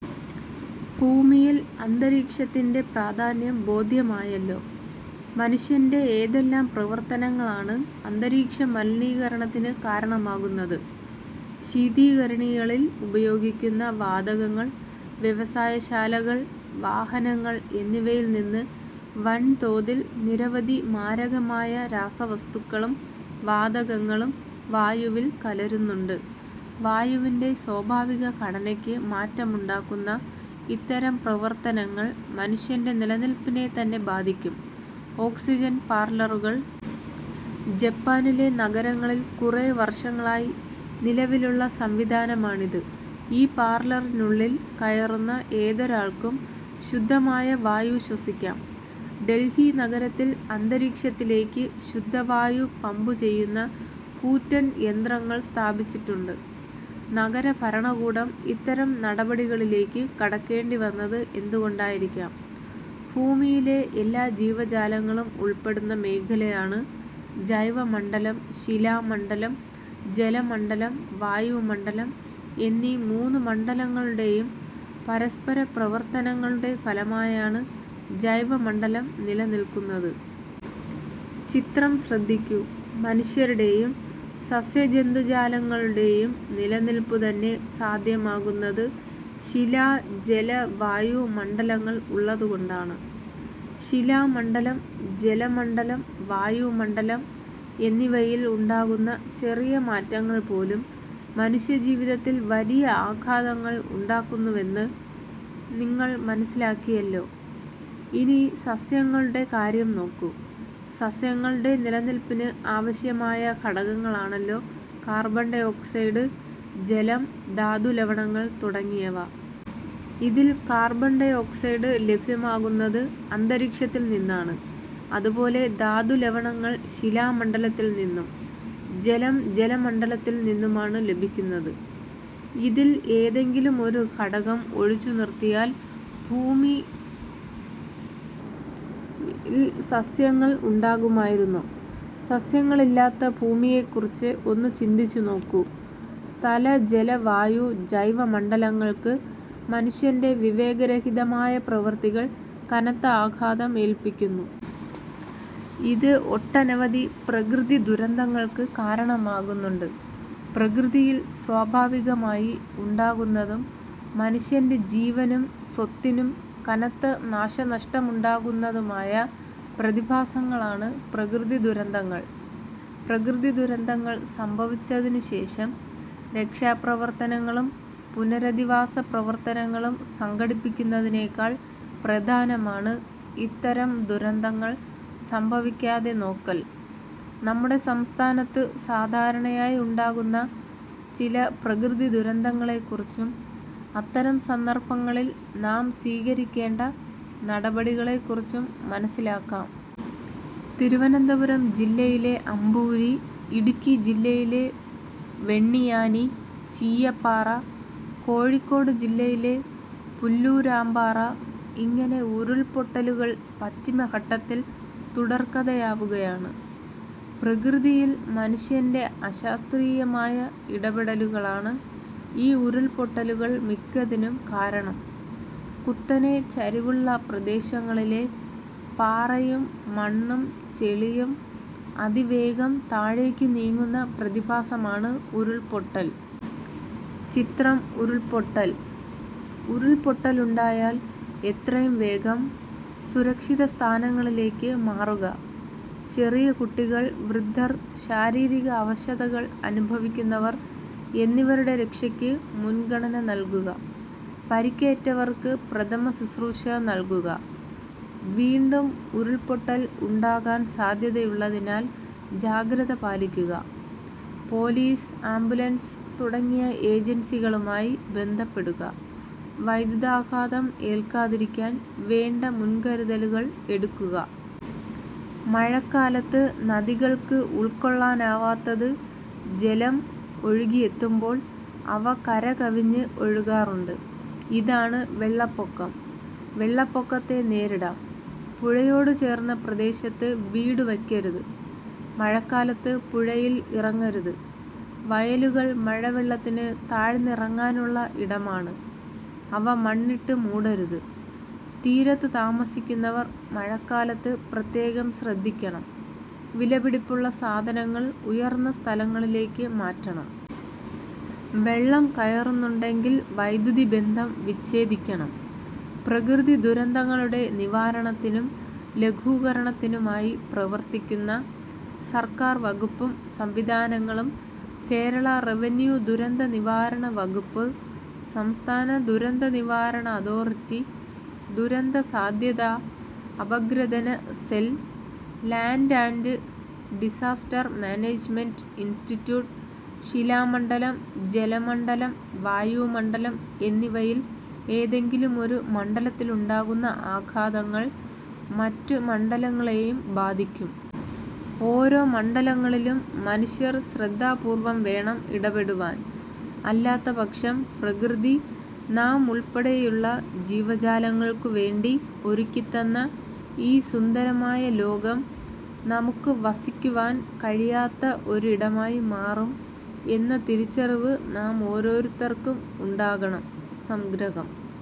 ഭൂമിയിൽ അന്തരീക്ഷത്തിന്റെ പ്രാധാന്യം ബോധ്യമായല്ലോ. മനുഷ്യന്റെ ഏതെല്ലാം പ്രവർത്തനങ്ങളാണ് അന്തരീക്ഷ മലിനീകരണത്തിന് കാരണമാകുന്നത്? ശീതീകരണികളിൽ ഉപയോഗിക്കുന്ന വാതകങ്ങൾ വ്യവസായശാലകൾ, വാഹനങ്ങൾ എന്നിവയിൽനിന്ന് വൻതോതിൽ നിരവധി മാരകമായ രാസവസ്തുക്കളും വാതകങ്ങളും വായുവിൽ കലരുന്നുണ്ട്. വായുവിന്റെ സ്വാഭാവികഘടനയ്ക്ക് മാറ്റമുണ്ടാക്കുന്ന ഇത്തരം പ്രവർത്തനങ്ങൾ മനുഷ്യന്റെ നിലനിൽപ്പിനെത്തന്നെ ബാധിക്കും. ഓക്സിജൻ പാർലറുകൾ! ജപ്പാനിലെ നഗരങ്ങളിൽ കുറെ വർഷങ്ങളായി നിലവിലുള്ള സംവിധാനമാണിത്. ഈ പാർലറിനുള്ളിൽ കയറുന്ന ഏതൊരാൾക്കും ശുദ്ധമായ വായു ശ്വസിക്കാം. ഡൽഹി നഗരത്തിൽ അന്തരീക്ഷത്തിലേക്ക് ശുദ്ധവായു പമ്പുചെയ്യുന്ന കൂറ്റൻ യന്ത്രങ്ങൾ സ്ഥാപിച്ചിട്ടുണ്ട്. നഗരഭരണകൂടം ഇത്തരം നടപടികളിലേക്ക് കടക്കേണ്ടിവന്നത് എന്തുകൊണ്ടായിരിക്കാം? ഭൂമിയിലെ എല്ലാ ജീവജാലങ്ങളും ഉൾപ്പെടുന്ന മേഖലയാണ് ജൈവമണ്ഡലം. ശിലാമണ്ഡലം, ജലമണ്ഡലം, വായുമണ്ഡലം എന്നീ മൂന്ന് മണ്ഡലങ്ങളുടെയും പരസ്പരപ്രവർത്തനങ്ങളുടെ ഫലമായാണ് ജൈവമണ്ഡലം നിലനിൽക്കുന്നത്. ചിത്രം ശ്രദ്ധിക്കു. മനുഷ്യരുടെയും സസ്യജന്തുജാലങ്ങളുടെയും നിലനിൽപ്പുതന്നെ സാധ്യമാകുന്നത് ശിലാ ജല-വായു മണ്ഡലങ്ങൾ ഉള്ളതുകൊണ്ടാണ്. ശിലാമണ്ഡലം, ജലമണ്ഡലം, വായുമണ്ഡലം എന്നിവയിൽ ഉണ്ടാകുന്ന ചെറിയ മാറ്റങ്ങൾപോലും മനുഷ്യജീവിതത്തിൽ വലിയ ആഘാതങ്ങൾ ഉണ്ടാക്കുന്നുവെന്ന് നിങ്ങൾ മനസ്സിലാക്കിയല്ലോ. ഇനി സസ്യങ്ങളുടെ കാര്യം നോക്കു. സസ്യങ്ങളുടെ നിലനിൽപ്പിന് ആവശ്യമായ ഘടകങ്ങളാണല്ലോ കാർബൺ ഡൈ ഓക്സൈഡ്, ജലം, ധാതുലവണങ്ങൾ തുടങ്ങിയവ. ഇതിൽ കാർബൺ ഡൈഓക്സൈഡ് ലഭ്യമാകുന്നത്അ ന്തരീക്ഷത്തിൽനിന്നാണ്. അതുപോലെ ധാതുലവണങ്ങൾ ശിലാമണ്ഡലത്തിൽനിന്നും ജലം ജലമണ്ഡലത്തിൽ നിന്നുമാണ് ലഭിക്കുന്നത്. ഇതിൽ ഏതെങ്കിലും ഒരു ഘടകം ഒഴിച്ചുനിർത്തിയാൽ ഭൂമിയിൽ സസ്യങ്ങൾ ഉണ്ടാകുമായിരുന്നോ? സസ്യങ്ങളില്ലാത്ത ഭൂമിയെക്കുറിച്ച് ഒന്നു ചിന്തിച്ചുനോക്കു. സ്ഥല, ജല, വായു, ജൈവമണ്ഡലങ്ങൾക്ക് മനുഷ്യന്റെ വിവേകരഹിതമായ പ്രവൃത്തികൾ കനത്ത ആഘാതം ഏൽപ്പിക്കുന്നു. ഇത് ഒട്ടനവധി പ്രകൃതി ദുരന്തങ്ങൾക്ക് കാരണമാകുന്നുണ്ട്. പ്രകൃതിയിൽ സ്വാഭാവികമായി ഉണ്ടാകുന്നതും മനുഷ്യന്റെ ജീവനും സ്വത്തിനും കനത്ത നാശനഷ്ടമുണ്ടാക്കുന്നതുമായ പ്രതിഭാസങ്ങളാണ് പ്രകൃതിദുരന്തങ്ങൾ. പ്രകൃതിദുരന്തങ്ങൾ സംഭവിച്ചതിനുശേഷം രക്ഷാപ്രവർത്തനങ്ങളും പുനരധിവാസ പ്രവർത്തനങ്ങളും സംഘടിപ്പിക്കുന്നതിനേക്കാൾ പ്രധാനമാണ് ഇത്തരം ദുരന്തങ്ങൾ സംഭവിക്കാതെ നോക്കൽ. നമ്മുടെ സംസ്ഥാനത്ത് സാധാരണയായി ഉണ്ടാകുന്ന ചില പ്രകൃതിദുരന്തങ്ങളെക്കുറിച്ചും അത്തരം സന്ദർഭങ്ങളിൽ നാം സ്വീകരിക്കേണ്ട നടപടികളെക്കുറിച്ചും മനസ്സിലാക്കാം. തിരുവനന്തപുരം ജില്ലയിലെ അമ്പൂരി, ഇടുക്കി ജില്ലയിലെ വെണ്ണിയാനി, ചീയപ്പാറ, കോഴിക്കോട് ജില്ലയിലെ പുല്ലൂരാമ്പാറ ഇങ്ങനെ ഉരുൾപൊട്ടലുകൾ പശ്ചിമഘട്ടത്തിൽ തുടർക്കഥയാവുകയാണ്. പ്രകൃതിയിൽ മനുഷ്യന്റെ അശാസ്ത്രീയമായ ഇടപെടലുകളാണ് ഈ ഉരുൾപൊട്ടലുകൾ മിക്കതിനും കാരണം. കുത്തനെ ചരിവുള്ള പ്രദേശങ്ങളിലെ പാറയും മണ്ണും ചെളിയും അതിവേഗം താഴേക്കു നീങ്ങുന്ന പ്രതിഭാസമാണ് ഉരുൾപൊട്ടൽ. ചിത്രം ഉരുൾപൊട്ടൽ. ഉരുൾപൊട്ടലുണ്ടായാൽ എത്രയും വേഗം സുരക്ഷിതസ്ഥാനങ്ങളിലേക്ക് മാറുക. ചെറിയ കുട്ടികൾ, വൃദ്ധർ, ശാരീരിക അവശതകൾ അനുഭവിക്കുന്നവർ എന്നിവരുടെ രക്ഷയ്ക്ക് മുൻഗണന നൽകുക. പരിക്കേറ്റവർക്ക് പ്രഥമശുശ്രൂഷ നൽകുക. വീണ്ടും ഉരുൾപൊട്ടൽ ഉണ്ടാകാൻ സാധ്യതയുള്ളതിനാൽ ജാഗ്രത പാലിക്കുക. പോലീസ്, ആംബുലൻസ് തുടങ്ങിയ ഏജൻസികളുമായി ബന്ധപ്പെടുക. വൈദ്യുതാഘാതം ഏൽക്കാതിരിക്കാൻ വേണ്ട മുൻകരുതലുകൾ എടുക്കുക. മഴക്കാലത്ത് നദികൾക്ക് ഉൾക്കൊള്ളാനാവാത്തത് ജലം ഒഴുകിയെത്തുമ്പോൾ അവ കര കവിഞ്ഞ് ഒഴുകാറുണ്ട്. ഇതാണ് വെള്ളപ്പൊക്കം. വെളളപ്പൊക്കത്തെ നേരിടാം. പുഴയോടുചേർന്ന പ്രദേശത്ത് വീടുവയ്ക്കരുത്. മഴക്കാലത്ത് പുഴയിൽ ഇറങ്ങരുത്. വയലുകൾ മഴവെള്ളത്തിന് താഴ്ന്നിറങ്ങാനുള്ള ഇടമാണ്. അവ മണ്ണിട്ടുമൂടരുത്. തീരത്തു താമസിക്കുന്നവർ മഴക്കാലത്ത് പ്രത്യേകം ശ്രദ്ധിക്കണം. വിലപിടിപ്പുള്ള സാധനങ്ങൾ ഉയർന്ന സ്ഥലങ്ങളിലേക്ക് മാറ്റണം. വെള്ളം കയറുന്നുണ്ടെങ്കിൽ വൈദ്യുതിബന്ധം വിച്ഛേദിക്കണം. പ്രകൃതിദുരന്തങ്ങളുടെ നിവാരണത്തിനും ലഘൂകരണത്തിനുമായി പ്രവർത്തിക്കുന്ന സർക്കാർ വകുപ്പും സംവിധാനങ്ങളും- കേരള റവന്യൂ-ദുരന്തനിവാരണ വകുപ്പ്, സംസ്ഥാന ദുരന്തനിവാരണ അതോറിറ്റി, ദുരന്ത സാധ്യതാ അപഗ്രഥന cell, land & disaster management institute. ശിലാമണ്ഡലം, ജലമണ്ഡലം, വായുമണ്ഡലം എന്നിവയിൽ ഏതെങ്കിലുമൊരു മണ്ഡലത്തിലുണ്ടാകുന്ന ആഘാതങ്ങൾ മറ്റു മണ്ഡലങ്ങളെയും ബാധിക്കും. ഓരോ മണ്ഡലങ്ങളിലും മനുഷ്യൻ ശ്രദ്ധാപൂർവ്വം വേണം ഇടപെടുവാൻ. അല്ലാത്തപക്ഷം പ്രകൃതി നാം ഉൾപ്പെടെയുള്ള ജീവജാലങ്ങൾക്കു വേണ്ടി ഒരുക്കിത്തന്ന ഈ സുന്ദരമായ ലോകം നമുക്ക് വസിക്കുവാൻ കഴിയാത്ത ഒരിടമായി മാറും എന്ന തിരിച്ചറിവ് നാമോരോരുത്തർക്കും ഉണ്ടാകണം. സംഗ്രഹം-